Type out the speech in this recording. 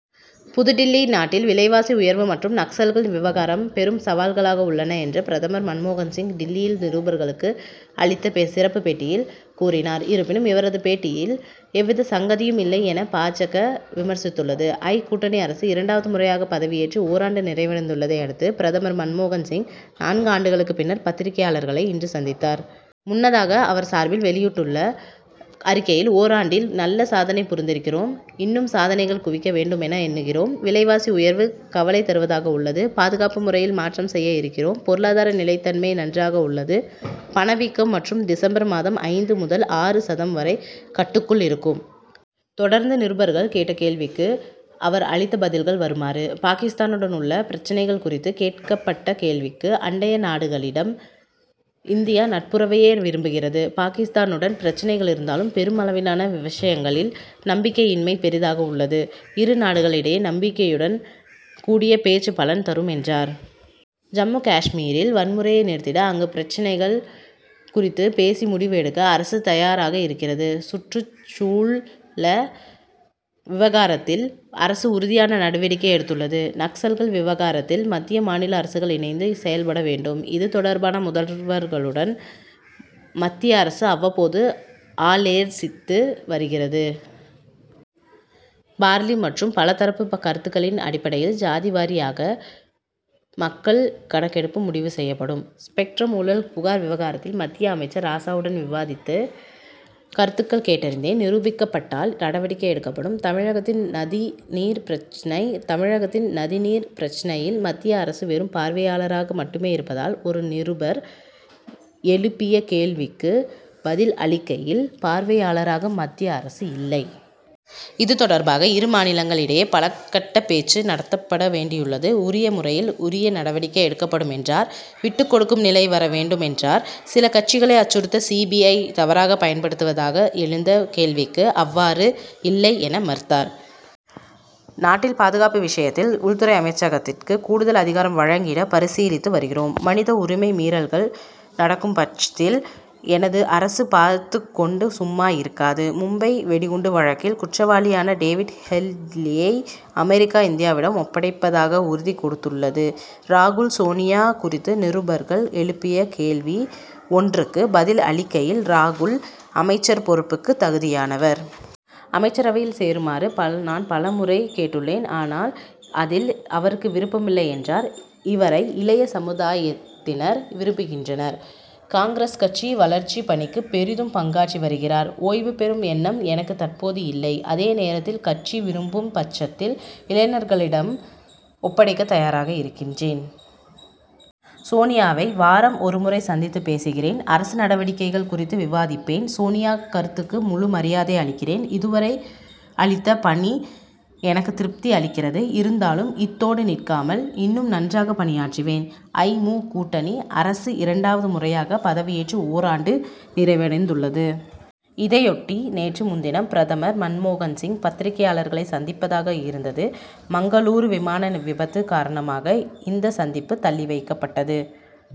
புதுடில்லி நாட்டில் விலைவாசி உயர்வு மற்றும் நக்சல்கள் விவகாரம் பெரும் சவால்களாக உள்ளன என்று பிரதமர் மன்மோகன்சிங் டில்லியில் நிருபர்களுக்கு அளித்த சிறப்பு பேட்டியில் கூறினார். இருப்பினும் இவரது பேட்டியில் எவ்வித சங்கதியும் இல்லை என பா. ஜ.க.விமர்சித்துள்ளது. ஐ. கூட்டணி அரசு இரண்டாவது முறையாக பதவியேற்று ஓராண்டு நிறைவடைந்துள்ளதை அடுத்து, பிரதமர் மன்மோகன் சிங், நான்கு ஆண்டுகளுக்கு பின்னர் பத்திரிகையாளர்களை இன்று சந்தித்தார். முன்னதாக அவர் சார்பில் வெளியிட்டுள்ள அறிக்கையில் ஓராண்டில் நல்ல சாதனை புரிந்திருக்கிறோம். இன்னும் சாதனைகள் குவிக்க வேண்டும் என எண்ணுகிறோம். விலைவாசி உயர்வு கவலை தருவதாக உள்ளது. பாதுகாப்பு முறையில் மாற்றம் செய்ய இருக்கிறோம். பொருளாதார நிலைத்தன்மை நன்றாக உள்ளது. பணவீக்கம் வரும் டிசம்பர் மாதம் ஐந்து முதல் ஆறு சதம் வரை கட்டுக்குள் இருக்கும். தொடர்ந்து நிருபர்கள் கேட்ட கேள்விக்கு அவர் அளித்த பதில்கள் வருமாறு பாகிஸ்தானுடன் உள்ள பிரச்னைகள் குறித்து கேட்கப்பட்ட கேள்விக்கு அண்டைய நாடுகளிடம் இந்தியா நட்புறவையே விரும்புகிறது. பாகிஸ்தானுடன் பிரச்னைகள் இருந்தாலும் பெரும் அளவிலான விஷயங்களில் நம்பிக்கையின்மை பெரிதாக உள்ளது. இரு நாடுகள் இடையே நம்பி்கையுடன் கூடிய பேச்சு பலன் தரும் என்றார். ஜம்மு காஷ்மீரில் வன்முறையை நிறுத்திட அங்கு பிரச்னைகள் குறித்து பேசி முடிவு எடுக்க அரசு தயாராக இருக்கிறது. சுற்றுச்சூழ்ல விவகாரத்தில் அரசு உறுதியான நடவடிக்கை எடுத்துள்ளது. நக்சல்கள் விவகாரத்தில் மத்திய, மாநில அரசுகள் இணைந்து செயல்பட வேண்டும். இது தொடர்பான முதல்வர்களுடன் மத்திய அரசு அவ்வப்போது ஆலோ்சித்து வருகிறது. பார்லி., மற்றும் பல தரப்பு கருத்துக்களின் அடிப்டையில் ஜாதிவாரியாக மக்கள் கணக்கெடுப்பு முடிவு செய்யப்படும். ஸ்பெக்ட்ரம் ஊழல் புகார் விவகாரத்தில் மத்திய அமைச்சர் ராசாவுடன் விவாதித்து கருத்துக்கள் கேட்டறிந்தேன். நிரூபிக்கப்பட்டால் நடவடிக்கை எடுக்கப்படும். தமிழகத்தின் நதி நீர் பிரச்னை தமிழகத்தின் நதி நீர் பிரச்னையில் மத்திய அரசு வெறும் பார்வையாளராக மட்டுமே இருப்பதாக ஒரு நிருபர் எழுப்பிய கேள்விக்கு பதில் அளிக்கையில் பார்வையாளராக மத்திய அரசு இல்லை. இது தொடர்பாக இரு மாநிலங்கள் இடையே பலக்கட்ட பேச்சு நடத்தப்பட வேண்டியுள்ளது. உரிய முறையில் உரிய நடவடிக்கை எடுக்கப்படும் என்றார். விட்டுக்கொடுக்கும் நிலை வர வேண்டும் என்றார். சில கட்சிகளை அச்சுறுத்த சி. பி. ஐ., தவறாக பயன்படுத்துவதாக எழுந்த கேள்விக்கு அவ்வாறு இல்லை என மறுத்தார். நாட்டில் பாதுகாப்பு விஷயத்தில் உள்துறை அமைச்சகத்திற்கு கூடுதல் அதிகாரம் வழங்கிட பரிசீலித்து வருகிறோம். மனித உரிமை மீறல்கள் நடக்கும் படச்த்தில் எனது அரசு பார்த்துக்கொண்டு சும்மா இருக்காது. மும்பை வெடிகுண்டு வழக்கில் குற்றவாளியான டேவிட் ஹெட்லியை அமெரிக்கா இந்தியாவிடம் ஒப்படைப்பதாக உறுதி கொடுத்துள்ளது. ராகுல் சோனியா குறித்து நிருபர்கள் எழுப்பிய கேள்வி ஒன்றுக்கு பதில் அளிக்கையில் ராகுல் அமைச்சர் பொறுப்புக்கு தகுதியானவர். அமைச்சரவையில் சேருமாறு நான் பலமுறை கேட்டுள்ளேன் ஆனால் அதில் அவருக்கு விருப்பமில்லை என்றார். இவரை இளைய சமுதாயத்தினர் விரும்புகின்றனர். காங்கிரஸ் கட்சி வளர்ச்சி பணிக்கு பெரிதும் பங்காற்றி வருகிறார். ஓய்வு பெறும் எண்ணம் எனக்கு தற்போது இல்லை. அதே நேரத்தில் கட்சி விரும்பும் பட்சத்தில் இளைஞர்களிடம் ஒப்படைக்க தயாராக இருக்கின்றேன். சோனியாவை வாரம் ஒரு முறை சந்தித்து பேசுகிறேன். அரசு நடவடிக்கைகள் குறித்து விவாதிப்பேன். சோனியா கருத்துக்கு முழு மரியாதை அளிக்கிறேன். இது வரை அளித்த பணி எனக்கு திருப்தி அளிக்கிறது. இருந்தாலும் இத்தோடு நிற்காமல் இன்னும் நன்றாக பணியாற்றுவேன். ஐ. மு., கூட்டணி அரசு இரண்டாவது முறையாக பதவியேற்று ஓராண்டு நிறைவடைந்துள்ளது. இதையொட்டி, நேற்று முன்தினம் பிரதமர் மன்மோகன் சிங், பத்திரிகையாளர்களை சந்திப்பதாக இருந்தது. மங்களூரு விமான விபத்து காரணமாக, இந்த சந்திப்பு தள்ளி வைக்கப்பட்டது.